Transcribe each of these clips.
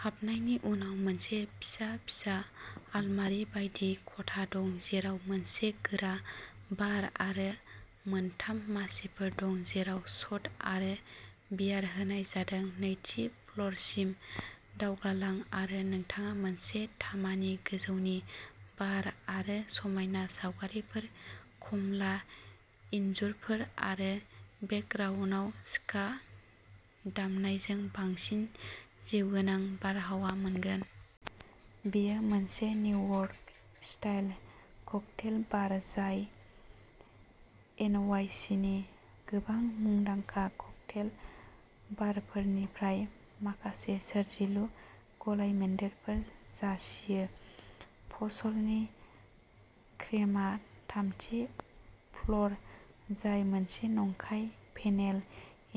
हाबनायनि उनाव, मोनसे फिसा फिसा आलमारि बायदि खथा दं जेराव मोनसे गोरा बार आरो मोनथाम मासिफोर दं जेराव शट आरो बियार होनाय जादों। नैथि फ्ल'रसिम दावगालां आरो नोंथाङा मोनसे तामानि गोजौनि बार आरो समायना सावगारिफोर, कमला इनजुरफोर आरो बेकग्राउन्दआव स्का दामनायजों बांसिन जिउगोनां बारहावा मोनगोन। बेयो मोनसे निउयर्क-स्टाइल ककटेल बार, जाय एनवाईसीनि गोबां मुंदांखा ककटेल बारफोरनिफ्राय माखासे सोरजिलु गलायमोन्देरफोर जासियो। फसलनि क्रेमआ थामथि फ्ल'र, जाय मोनसे नंखाय पेनेल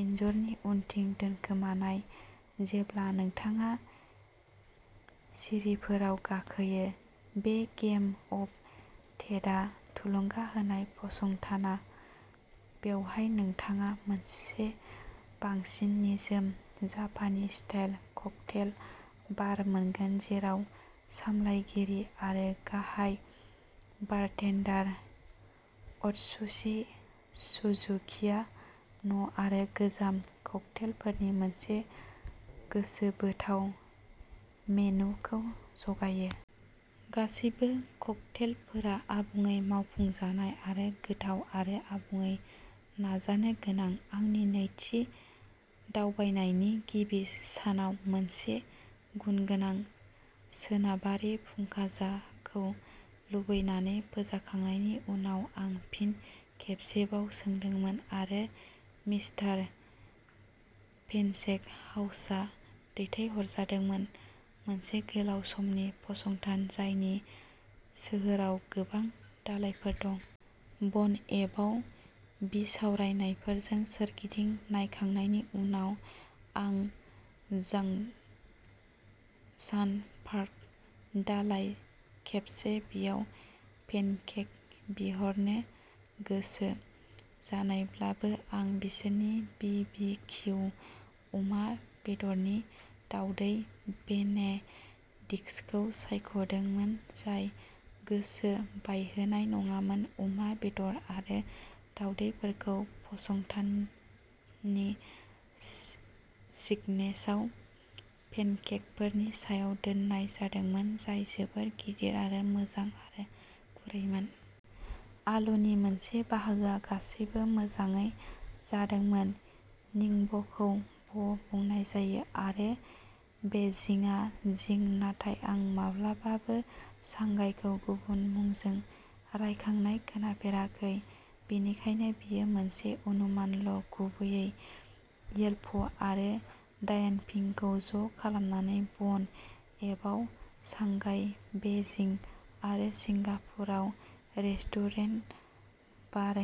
इनजुरनि उनथिं दोनखोमानाय, जेब्ला नोंथाङा सिरिफोराव गाखोयो। बे गेम अफ डेथआ थुलुंगा होनाय फसंथाना बेवहाय नोंथाङा मोनसे बांसिन निजोम जापानी-स्टाइल ककटेल बार मोनगोन जेराव सामलायगिरि आरो गाहाय बारटेन्डार अत्सुशि सुजुकिआ न'आरो गोजाम ककटेलफोरनि मोनसे गोसोबोथाव मेनुखौ जगायो। गासैबो ककटेलफोरा आबुङै मावफुंजानाय आरो गोथाव, आरो आबुङै नाजानो गोनां। आंनि नैथि दावबायनायनि गिबि सानाव मोनसे गुनगोनां सोनाबारि फुंखाजाखौ लुबैनानै फोजाखांनायनि उनाव, आं फिन खेबसेबाव सोंदोंमोन आरो मिस्टार पेनचेक हाउसआव दैथायहरजादोंमोन, मोनसे गोलाव समनि फसंथान जायनि सोहोराव गोबां दालायफोर दं। बन एप आव बिसावरायनायफोरजों सोरगिदिं नायखांनायनि उनाव, आं झांगशान पार्क दालाय खेबसे बियाव, पेनकेक बिहरनो गोसो जानायब्लाबो आं बिसोरनि बि बि खिउ अमा बेदरनि दावदै बेनेडिक्टखौ सायख'दोंमोन, जाय गोसो बायहोनाय नङामोन। अमा बेदर आरो दावदैफोरखौ फसंथाननि सिगनेसाव पेनकेकफोरनि सायाव दोननाय जादोंमोन, जाय जोबोद गिदिर आरो मोजां आरो गुरैमोन। आलुनि मोनसे बाहागोआ गासैबो मोजाङै जादोंमोन। निंब'खौ "ब'" बुंनाय जायो आरो बेइजिंआ "जिं", नाथाय आं माब्लाबाबो सांघाईखौ गुबुन मुंजों रायखांनाय खोनाफेराखै, बेनिखायनो बेयो मोनसे अनुमानल'। गुबैयै येल्प आरो डायानपिंखौ ज'खालामनानै, बन एपआ सांघाई, बेइजिं आरो सिंगापुराव रेस्टुरेन्ट, बार,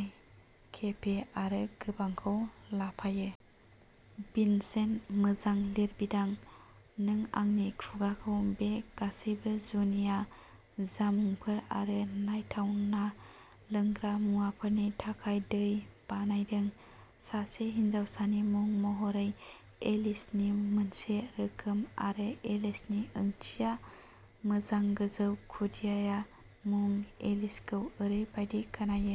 केफे आरो गोबांखौ लाफायो। भिनसेन्ट-मोजां लिरबिदां! नों आंनि खुगाखौ बे गासैबो जुनिया जामुंफोर आरो नायथावना लोंग्रा मुवाफोरनि थाखाय दै बानायदों। सासे हिनजावसानि मुं महरै एलिसनि मोनसे रोखोम, आरो एलिसनि ओंथिया "मोजां, गोजौ"। खुदियाया मुं एलिसखौ ओरैबादि खोनायो।